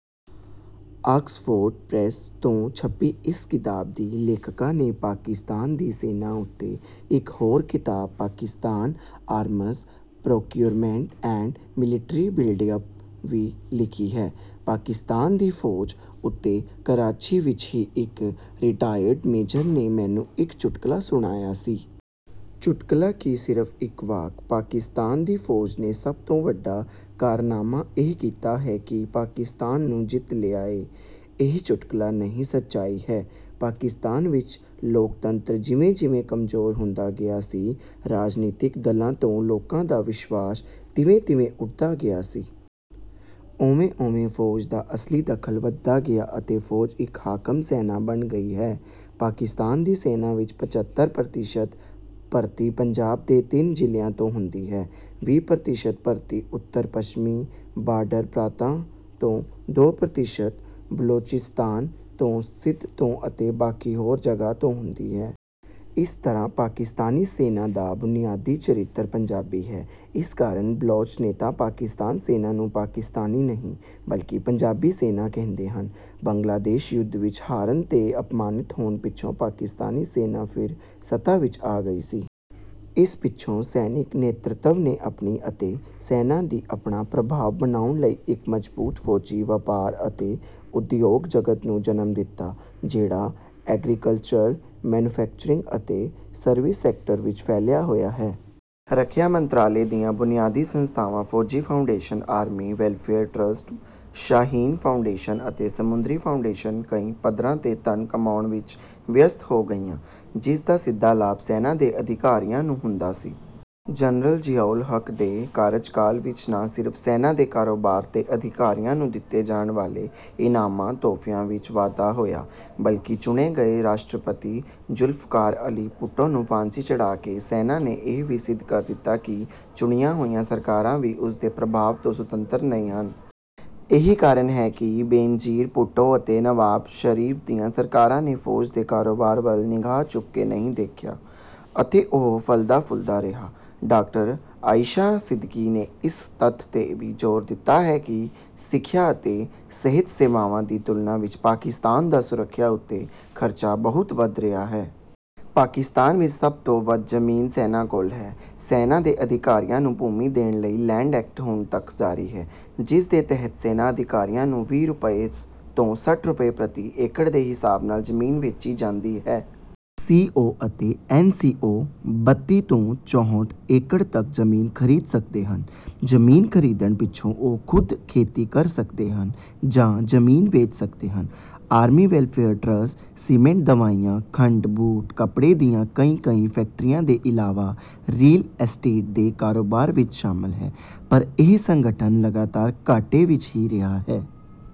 Oxford Press ਤੋਂ ਛਪੀ ਇਸ ਕਿਤਾਬ ਦੀ ਲੇਖਕਾ ਨੇ ਪਾਕਿਸਤਾਨ ਦੀ ਸੈਨਾ ਉੱਤੇ ਇਕ ਹੋਰ ਕਿਤਾਬ Pakistan arms procurement and military buildup ਵੀ ਲਿਖੀ ਹੈ। ਪਾਕਿਸਤਾਨ ਦੀ ਫੌਜ ਉੱਤੇ ਕਰਾਚੀ ਵਿਚ ਹੀ ਇਕ ਰਿਟਾਇਰਡ ਮੇਜਰ ਨੇ ਮੈਨੂੰ ਇਕ ਚੁਟਕਲਾ ਸੁਣਾਇਆ ਸੀ। ਚੁਟਕਲਾ ਕੀ, ਸਿਰਫ਼ ਇਕ ਵਾਕ ਪਾਕਿਸਤਾਨ ਦੀ ਫੌਜ ਨੇ ਸਭ ਤੋਂ ਵੱਡਾ ਕਾਰਨਾਮਾ ਇਹ ਕੀਤਾ ਹੈ ਕਿ ਪਾਕਿਸਤਾਨ ਨੂੰ ਜਿੱਤ ਲਿਆ ਏ। ਇਹ ਚੁਟਕਲਾ ਨਹੀਂ, ਸੱਚਾਈ ਹੈ। ਪਾਕਿਸਤਾਨ ਵਿਚ ਲੋਕਤੰਤਰ ਜਿਵੇਂ-ਜਿਵੇਂ ਕਮਜ਼ੋਰ ਹੁੰਦਾ ਗਿਆ ਸੀ, ਰਾਜਨੀਤੀਕ ਦਲਾਂ ਤੋਂ ਲੋਕਾਂ ਦਾ ਵਿਸ਼ਵਾਸ ਤਿਵੇਂ-ਤਿਵੇਂ ਉੱਠਦਾ ਗਿਆ ਸੀ। ਓਵੇਂ-ਓਵੇਂ ਫੌਜ ਦਾ ਅਸਲੀ ਦਖ਼ਲ ਵਧਦਾ ਗਿਆ ਅਤੇ ਫੌਜ ਇਕ ਹਾਕਮ-ਸੈਨਾ ਬਣ ਗਈ ਹੈ। ਪਾਕਿਸਤਾਨ ਦੀ ਸੈਨਾ ਵਿਚ ਪਚੱਤਰ ਪ੍ਰਤੀਸ਼ਤ ਭਰਤੀ ਪੰਜਾਬ ਦੇ ਤਿੰਨ ਜ਼ਿਲ੍ਹਿਆਂ ਤੋਂ ਹੁੰਦੀ ਹੈ। ਵੀਹ ਪ੍ਰਤੀਸ਼ਤ ਭਰਤੀ ਉੱਤਰ-ਪੱਛਮੀ ਬਾਰਡਰ ਪ੍ਰਾਂਤਾਂ ਤੋਂ, ਦੋ ਪ੍ਰਤੀਸ਼ਤ ਬਲੋਚਿਸਤਾਨ ਤੇ ਸਿੰਧ ਤੋਂ ਅਤੇ ਬਾਕੀ ਹੋਰ ਜਗ੍ਹਾਂ ਤੋਂ ਹੁੰਦੀ ਹੈ। ਇਸ ਤਰ੍ਹਾਂ ਪਾਕਿਸਤਾਨੀ ਸੈਨਾ ਦਾ ਬੁਨਿਆਦੀ ਚਰਿੱਤਰ ਪੰਜਾਬੀ ਹੈ। ਇਸ ਕਾਰਨ ਬਲੋਚ ਨੇਤਾ ਪਾਕਿਸਤਾਨੀ ਸੈਨਾ ਨੂੰ ਪਾਕਿਸਤਾਨੀ ਨਹੀਂ, ਬਲਕਿ ਪੰਜਾਬੀ ਸੈਨਾ ਕਹਿੰਦੇ ਹਨ। ਬੰਗਲਾਦੇਸ਼ ਯੁੱਧ ਵਿਚ ਹਾਰਨ ਤੇ ਅਪਮਾਨਿਤ ਹੋਣ ਪਿੱਛੋਂ ਪਾਕਿਸਤਾਨੀ ਸੈਨਾ ਫਿਰ ਸੱਤਾ ਵਿਚ ਆ ਗਈ ਸੀ। ਇਸ ਪਿੱਛੋਂ ਸੈਨਿਕ ਨੇਤ੍ਰਤਵ ਨੇ ਆਪਣੀ ਅਤੇ ਸੈਨਾ ਦੀ ਆਪਣਾ ਪ੍ਰਭਾਵ ਬਣਾਉਣ ਲਈ ਇਕ ਮਜ਼ਬੂਤ ਫੌਜੀ ਵਪਾਰ ਅਤੇ ਉਦਯੋਗ ਜਗਤ ਨੂੰ ਜਨਮ ਦਿੱਤਾ, ਜਿਹੜਾ ਐਗਰੀਕਲਚਰ, ਮੈਨੂਫੈਕਚਰਿੰਗ ਅਤੇ ਸਰਵਿਸ ਸੈਕਟਰ ਵਿਚ ਫੈਲਿਆ ਹੋਇਆ ਹੈ। ਰੱਖਿਆ ਮੰਤਰਾਲੇ ਦੀਆਂ ਬੁਨਿਆਦੀ ਸੰਸਥਾਵਾਂ Fauji Foundation, Army Welfare Trust, Shaheen Foundation ਅਤੇ ਸਮੁੰਦਰੀ ਫਾਊਂਡੇਸ਼ਨ ਕਈ ਪੱਧਰਾਂ ’ਤੇ ਧਨ ਕਮਾਉਣ ਵਿਚ ਵਿਅਸਤ ਹੋ ਗਈਆਂ, ਜਿਸ ਦਾ ਸਿੱਧਾ ਲਾਭ ਸੈਨਾ ਦੇ ਅਧਿਕਾਰੀਆਂ ਨੂੰ ਹੁੰਦਾ ਸੀ। ਜਨਰਲ ਜ਼ਿਆਉਲ ਹੱਕ ਦੇ ਕਾਰਜਕਾਲ ਵਿਚ ਨਾ ਸਿਰਫ਼ ਸੈਨਾ ਦੇ ਕਾਰੋਬਾਰ ਤੇ ਅਧਿਕਾਰੀਆਂ ਨੂੰ ਦਿੱਤੇ ਜਾਣ ਵਾਲੇ ਇਨਾਮਾਂ-ਤੋਹਫ਼ਿਆਂ ਵਿਚ ਵਾਧਾ ਹੋਇਆ, ਬਲਕਿ ਚੁਣੇ ਗਏ ਰਾਸ਼ਟਰਪਤੀ ਜ਼ੁਲਫ਼ਕਾਰ ਅਲੀ ਭੁੱਟੋ ਨੂੰ ਫਾਂਸੀ ਚੜ੍ਹਾ ਕੇ ਸੈਨਾ ਨੇ ਇਹ ਵੀ ਸਿੱਧ ਕਰ ਦਿੱਤਾ ਕਿ ਚੁਣੀਆਂ ਹੋਈਆਂ ਸਰਕਾਰਾਂ ਵੀ ਉਸਦੇ ਪ੍ਰਭਾਵ ਤੋਂ ਸੁਤੰਤਰ ਨਹੀਂ ਹਨ। ਇਹੀ ਕਾਰਨ ਹੈ ਕਿ ਬੇਨਜ਼ੀਰ ਭੁੱਟੋ ਅਤੇ ਨਵਾਜ਼ ਸ਼ਰੀਫ਼ ਦੀਆਂ ਸਰਕਾਰਾਂ ਨੇ ਫੌਜ ਦੇ ਕਾਰੋਬਾਰ ਵੱਲ ਨਿਗਾਹ ਚੁੱਕ ਕੇ ਨਹੀਂ ਦੇਖਿਆ ਅਤੇ ਉਹ ਫਲਦਾ-ਫੁੱਲਦਾ ਰਿਹਾ। ਡਾਕਟਰ ਆਇਸ਼ਾ ਸਿੱਦੀਕੀ ਨੇ ਇਸ ਤੱਥ ’ਤੇ ਵੀ ਜ਼ੋਰ ਦਿੱਤਾ ਹੈ ਕਿ ਸਿੱਖਿਆ ਅਤੇ ਸਿਹਤ ਸੇਵਾਵਾਂ ਦੀ ਤੁਲਨਾ ਵਿਚ ਪਾਕਿਸਤਾਨ ਦਾ ਸੁਰੱਖਿਆ ਉੱਤੇ ਖਰਚਾ ਬਹੁਤ ਵੱਧ ਰਿਹਾ ਹੈ। ਪਾਕਿਸਤਾਨ ਵਿਚ ਸਭ ਤੋਂ ਵੱਧ ਜ਼ਮੀਨ ਸੈਨਾ ਕੋਲ ਹੈ। ਸੈਨਾ ਦੇ ਅਧਿਕਾਰੀਆਂ ਨੂੰ ਭੂਮੀ ਦੇਣ ਲਈ ਲੈਂਡ ਐਕਟ ਹੁਣ ਤੱਕ ਜਾਰੀ ਹੈ, ਜਿਸ ਦੇ ਤਹਿਤ ਸੈਨਾ ਅਧਿਕਾਰੀਆਂ ਨੂੰ ਵੀਹ ਰੁਪਏ ਤੋਂ ਸੱਠ ਰੁਪਏ ਪ੍ਰਤੀ ਏਕੜ ਦੇ ਹਿਸਾਬ ਨਾਲ ਜ਼ਮੀਨ ਵੇਚੀ ਜਾਂਦੀ ਹੈ। ਸੀ.ਓ. ਅਤੇ ਐਨ.ਸੀ.ਓ. ਬੱਤੀ ਤੋਂ ਚੌਂਹਠ ਏਕੜ ਤੱਕ ਜ਼ਮੀਨ ਖਰੀਦ ਸਕਦੇ ਹਨ। ਜ਼ਮੀਨ ਖਰੀਦਣ ਪਿੱਛੋਂ ਉਹ ਖ਼ੁਦ ਖੇਤੀ ਕਰ ਸਕਦੇ ਹਨ ਜਾਂ ਜ਼ਮੀਨ ਵੇਚ ਸਕਦੇ ਹਨ। ‘ਆਰਮੀ ਵੈਲਫੇਅਰ ਟਰਸਟ’ ਸੀਮੈਂਟ, ਦਵਾਈਆਂ, ਖੰਡ, ਬੂਟ, ਕੱਪੜੇ ਦੀਆਂ ਕਈ-ਕਈ ਫੈਕਟਰੀਆਂ ਦੇ ਇਲਾਵਾ ‘ਰੀਅਲ ਐਸਟੇਟ’ ਦੇ ਕਾਰੋਬਾਰ ਵਿਚ ਸ਼ਾਮਲ ਹੈ, ਪਰ ਇਹ ਸੰਗਠਨ ਲਗਾਤਾਰ ਘਾਟੇ ਵਿਚ ਹੀ ਰਿਹਾ ਹੈ।